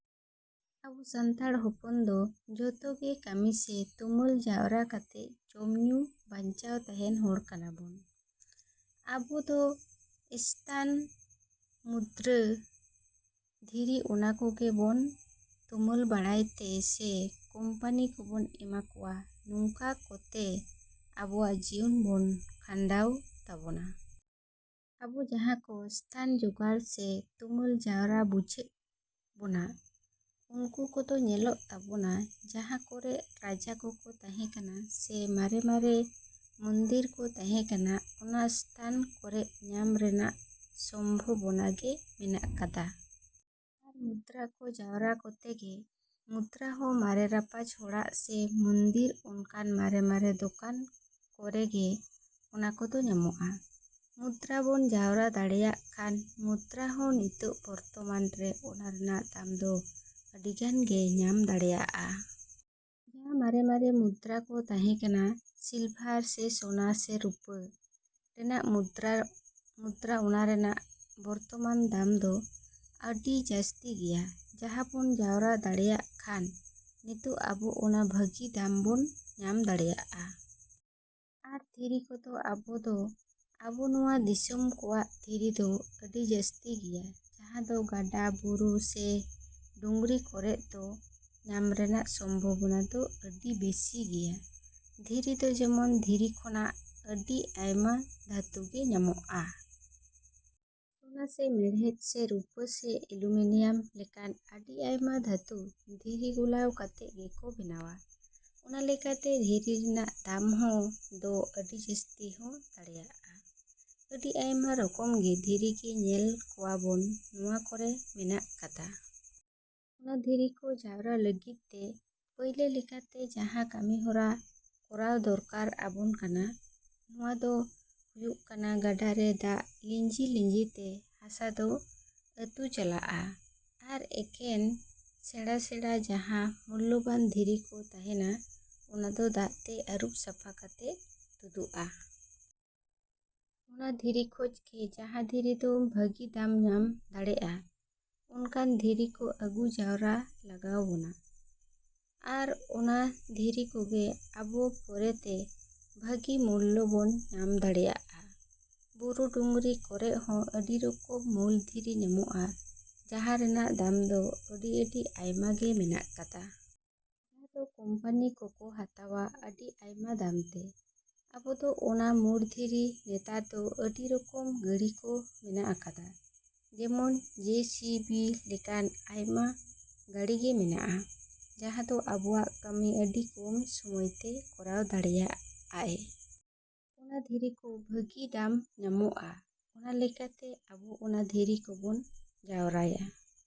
‎ᱟᱵᱚ ᱥᱟᱱᱛᱟᱲ ᱦᱚᱯᱚᱱ ᱫᱚ ᱡᱷᱚᱛᱚ ᱜᱮ ᱠᱟᱹᱢᱤ ᱥᱮ ᱛᱩᱢᱟᱹᱞ ᱡᱟᱣᱨᱟ ᱠᱟᱛᱮᱜ ᱡᱚᱢ ᱧᱩ ᱵᱟᱧᱪᱟᱣ ᱛᱟᱦᱮᱱ ᱦᱚᱲ ᱠᱟᱱᱟ ᱵᱚᱱ᱾ ᱟᱵᱚ ᱫᱚ ᱮᱥᱛᱷᱟᱱ, ᱢᱩᱫᱽᱨᱟ, ᱫᱷᱤᱨᱤ ᱚᱱᱟ ᱠᱚᱜᱮ ᱵᱚᱱ ᱛᱩᱢᱟᱹᱞ ᱵᱟᱲᱟᱭ ᱛᱮ ᱥᱮ ᱠᱚᱢᱯᱟᱱᱤ ᱠᱚᱵᱚᱱ ᱮᱢᱟ ᱠᱚᱣᱟ ᱱᱚᱝᱠᱟ ᱠᱚᱛᱮ ᱟᱵᱚᱣᱟᱜ ᱡᱤᱭᱚᱱ ᱵᱚᱱ ᱠᱷᱟᱱᱰᱟᱣ ᱛᱟᱵᱚᱱᱟ᱾ ᱟᱵᱚ ᱡᱟᱦᱟᱸ ᱠᱚ ᱮᱥᱛᱷᱟᱱ ᱡᱚᱜᱟᱲ ᱥᱮ ᱛᱩᱢᱟᱹᱞ ᱡᱟᱣᱨᱟ ᱵᱩᱡᱷᱟᱹᱜ ᱵᱚᱱᱟ ᱩᱱᱠᱩ ᱠᱚᱫᱚ ᱧᱮᱞᱚᱜ ᱛᱟᱵᱚᱱᱟ ᱡᱟᱦᱟᱸ ᱠᱚᱨᱮᱜ ᱨᱟᱡᱟ ᱠᱚᱠᱚ ᱛᱟᱦᱮᱸ ᱠᱟᱱᱟ ᱥᱮ ᱢᱟᱨᱮᱼᱢᱟᱨᱮ ᱢᱚᱱᱫᱤᱨ ᱠᱚ ᱛᱟᱦᱮᱸ ᱠᱟᱱᱟ ᱚᱱᱟ ᱮᱥᱛᱷᱟᱱ ᱠᱚᱨᱮᱜ ᱧᱟᱢ ᱨᱮᱱᱟᱜ ᱥᱚᱢᱵᱷᱚᱵᱚᱱᱟ ᱜᱮ ᱢᱮᱱᱟᱜ ᱠᱟᱫᱟ᱾ ᱟᱨ ᱢᱩᱫᱽᱨᱟ ᱠᱚ ᱡᱟᱣᱨᱟ ᱠᱚᱛᱮ ᱜᱮ ᱢᱩᱫᱽᱨᱟ ᱦᱚᱸ ᱢᱟᱨᱮ ᱨᱟᱯᱟᱡᱽ ᱦᱚᱲᱟᱜ ᱥᱮ ᱢᱚᱱᱫᱤᱨ ᱚᱱᱠᱟᱱ ᱢᱟᱨᱮᱼᱢᱟᱨᱮ ᱫᱚᱠᱟᱱ ᱠᱚᱨᱮ ᱜᱮ ᱚᱱᱟ ᱠᱚᱫᱚ ᱧᱟᱢᱚᱜᱼᱟ᱾ ᱢᱩᱫᱽᱨᱟ ᱵᱚᱱ ᱡᱟᱣᱨᱟ ᱫᱟᱲᱮᱭᱟᱜ ᱠᱷᱟᱱ ᱢᱩᱫᱽᱨᱟ ᱦᱚᱸ ᱱᱤᱛᱚᱜ ᱵᱚᱨᱛᱚᱢᱟᱱ ᱨᱮ ᱚᱱᱟ ᱨᱮᱱᱟᱜ ᱫᱟᱢ ᱫᱚ ᱟᱹᱰᱤᱜᱟᱱ ᱜᱮ ᱧᱟᱢ ᱫᱟᱲᱮᱭᱟᱜᱼᱟ᱾ ᱡᱟᱦᱟᱸ ᱢᱟᱨᱮᱼᱢᱟᱨᱮ ᱢᱩᱫᱽᱨᱟ ᱠᱚ ᱛᱟᱦᱮᱸ ᱠᱟᱱᱟ ᱥᱤᱞᱵᱷᱟᱨ ᱥᱮ ᱥᱳᱱᱟ ᱥᱮ ᱨᱩᱯᱟᱹ ᱨᱮᱱᱟᱜ ᱢᱩᱫᱽᱨᱟ ᱚᱱᱟ ᱨᱮᱱᱟᱜ ᱵᱚᱨᱛᱚᱢᱟᱱ ᱫᱟᱢ ᱫᱚ ᱟᱹᱰᱤ ᱡᱟᱹᱥᱛᱤ ᱜᱮᱭᱟ ᱡᱟᱦᱟᱸ ᱵᱚᱱ ᱡᱟᱣᱨᱟ ᱫᱟᱲᱮᱭᱟᱜ ᱠᱷᱟᱱ ᱱᱤᱛᱚᱜ ᱟᱵᱚ ᱚᱱᱟ ᱵᱷᱟᱹᱜᱤ ᱫᱟᱢ ᱵᱚᱱ ᱧᱟᱢ ᱫᱟᱲᱮᱭᱟᱜᱼᱟ᱾ ᱟᱨ ᱫᱷᱤᱨᱤ ᱠᱚᱫᱚ ᱟᱵᱚ ᱫᱚ ᱟᱵᱚ ᱱᱚᱣᱟ ᱫᱤᱥᱚᱢ ᱠᱚᱣᱟᱜ ᱫᱷᱤᱨᱤ ᱫᱚ ᱟᱹᱰᱤ ᱡᱟᱹᱥᱛᱤ ᱜᱮᱭᱟ ᱡᱟᱦᱟᱸ ᱫᱚ ᱜᱟᱰᱟ ᱵᱩᱨᱩ ᱥᱮ ᱰᱩᱝᱨᱤ ᱠᱚᱨᱮᱜ ᱫᱚ ᱧᱟᱢ ᱨᱮᱱᱟᱜ ᱥᱚᱢᱵᱷᱚᱵᱚᱱᱟ ᱫᱚ ᱟᱹᱰᱤ ᱵᱮᱥᱤ ᱜᱮᱭᱟ᱾ ᱫᱷᱤᱨᱤ ᱫᱚ ᱡᱮᱢᱚᱱ ᱫᱷᱤᱨᱤ ᱠᱷᱚᱱᱟᱜ ᱟᱹᱰᱤ ᱟᱭᱢᱟ ᱫᱷᱟᱹᱛᱩ ᱜᱮ ᱧᱟᱢᱚᱜᱼᱟ᱾ ᱥᱳᱱᱟ ᱥᱮ ᱢᱮᱲᱦᱮᱫ ᱥᱮ ᱨᱩᱯᱟᱹ ᱥᱮ ᱮᱞᱩᱢᱤᱱᱤᱭᱟᱢ ᱞᱮᱠᱟᱱ ᱟᱹᱰᱤ ᱟᱭᱢᱟ ᱫᱷᱟᱹᱛᱩ ᱫᱷᱤᱨᱤ ᱜᱚᱞᱟᱣ ᱠᱟᱛᱮᱜ ᱜᱮᱠᱚ ᱵᱮᱱᱟᱣᱟ᱾ ᱚᱱᱟ ᱞᱮᱠᱟᱛᱮ ᱫᱷᱤᱨᱤ ᱨᱮᱱᱟᱜ ᱫᱟᱢ ᱦᱚᱸ ᱫᱚ ᱟᱹᱰᱤ ᱡᱟᱹᱥᱛᱤ ᱦᱚᱸ ᱫᱟᱲᱮᱭᱟᱜᱼᱟ᱾ ᱟᱹᱰᱤ ᱟᱭᱢᱟ ᱨᱚᱠᱚᱢ ᱜᱮ ᱫᱷᱤᱨᱤ ᱜᱮ ᱧᱮᱞ ᱠᱚᱣᱟᱵᱚᱱ ᱱᱚᱣᱟ ᱠᱚᱨᱮ ᱢᱮᱱᱟᱜ ᱠᱟᱫᱟ᱾ ᱚᱱᱟ ᱫᱷᱤᱨᱤ ᱠᱚ ᱡᱟᱣᱨᱟ ᱞᱟᱹᱜᱤᱫ ᱛᱮ ᱯᱟᱹᱭᱞᱟᱹ ᱞᱮᱠᱟᱛᱮ ᱡᱟᱦᱟᱸ ᱠᱟᱹᱢᱤᱦᱚᱨᱟ ᱠᱚᱨᱟᱣ ᱫᱚᱨᱠᱟᱨ ᱟᱵᱚᱱ ᱠᱟᱱᱟ ᱱᱚᱣᱟ ᱫᱚ ᱦᱩᱭᱩᱜ ᱠᱟᱱᱟ ᱜᱟᱰᱟ ᱨᱮ ᱫᱟᱜ ᱞᱤᱸᱡᱤᱼᱞᱤᱸᱡᱤᱛᱮ ᱦᱟᱥᱟ ᱫᱚ ᱟᱹᱛᱩ ᱪᱟᱞᱟᱜᱼᱟ ᱟᱨ ᱮᱠᱷᱮᱱ ᱥᱮᱬᱟᱼᱥᱮᱬᱟ ᱡᱟᱦᱟᱸ ᱢᱩᱞᱞᱚᱵᱟᱱ ᱫᱷᱤᱨᱤ ᱠᱚ ᱛᱟᱦᱮᱱᱟ ᱚᱱᱟ ᱫᱚ ᱫᱟᱜ ᱛᱮ ᱟᱹᱨᱩᱵ ᱥᱟᱯᱷᱟ ᱠᱟᱛᱮᱜ ᱛᱩᱫᱩᱜᱼᱟ᱾ ᱚᱱᱟ ᱫᱷᱤᱨᱤ ᱠᱷᱚᱡ ᱜᱮ ᱡᱟᱦᱟᱸ ᱫᱷᱤᱨᱤ ᱫᱚ ᱵᱷᱟᱹᱜᱤ ᱫᱟᱢ ᱧᱟᱢ ᱫᱟᱲᱮᱜᱼᱟ ᱚᱱᱠᱟᱱ ᱫᱷᱤᱨᱤ ᱠᱚ ᱟᱹᱜᱩ ᱡᱟᱣᱨᱟ ᱞᱟᱜᱟᱣ ᱵᱚᱱᱟ ᱟᱨ ᱚᱱᱟ ᱫᱷᱤᱨᱤ ᱠᱚᱜᱮ ᱟᱵᱚ ᱯᱚᱨᱮᱛᱮ ᱵᱷᱟᱹᱜᱤ ᱢᱩᱞᱞᱚ ᱵᱚᱱ ᱧᱟᱢ ᱫᱟᱲᱮᱭᱟᱜᱼᱟ᱾ ᱵᱩᱨᱩ ᱰᱩᱝᱨᱤ ᱠᱚᱨᱮᱜ ᱦᱚᱸ ᱟᱹᱰᱤ ᱨᱚᱠᱚᱢ ᱢᱩᱞ ᱫᱷᱤᱨᱤ ᱧᱟᱢᱚᱜᱼᱟ ᱡᱟᱦᱟᱸ ᱨᱮᱱᱟᱜ ᱫᱟᱢ ᱫᱚ ᱟᱹᱰᱤᱼᱟᱹᱰᱤ ᱟᱭᱢᱟ ᱜᱮ ᱢᱮᱱᱟᱜ ᱠᱟᱫᱟ᱾ ᱡᱟᱦᱟᱸ ᱫᱚ ᱠᱚᱢᱯᱟᱱᱤ ᱠᱚᱠᱚ ᱦᱟᱛᱟᱣᱟ ᱟᱹᱰᱤ ᱟᱭᱢᱟ ᱫᱟᱢ ᱛᱮ᱾ ᱟᱵᱚ ᱫᱚ ᱚᱱᱟ ᱢᱩᱲ ᱫᱷᱤᱨᱤ ᱱᱮᱛᱟᱨ ᱫᱚ ᱟᱹᱰᱤ ᱨᱚᱠᱚᱢ ᱜᱟᱹᱲᱤ ᱠᱚ ᱢᱮᱱᱟᱜ ᱟᱠᱟᱫᱟ ᱡᱮᱢᱚᱱ ᱡᱮ ᱥᱤ ᱵᱤ ᱞᱮᱠᱟᱱ ᱟᱭᱢᱟ ᱜᱟᱹᱲᱤ ᱜᱮ ᱢᱮᱱᱟᱜᱼᱟ ᱡᱟᱦᱟᱸ ᱫᱚ ᱟᱵᱚᱣᱟᱜ ᱠᱟᱹᱢᱤ ᱟᱹᱰᱤ ᱠᱚᱢ ᱥᱚᱢᱚᱭ ᱛᱮ ᱠᱚᱨᱟᱣ ᱫᱟᱲᱮᱭᱟᱜᱼᱟᱭ᱾ ᱚᱱᱟ ᱫᱷᱤᱨᱤ ᱠᱚ ᱵᱷᱟᱹᱜᱤ ᱫᱟᱢ ᱧᱟᱢᱚᱜᱼᱟ᱾ ᱚᱱᱟ ᱞᱮᱠᱟ ᱛᱮ ᱟᱵᱚ ᱚᱱᱟ ᱫᱷᱤᱨᱤ ᱠᱚᱵᱚᱱ ᱡᱟᱣᱨᱟᱭᱟ।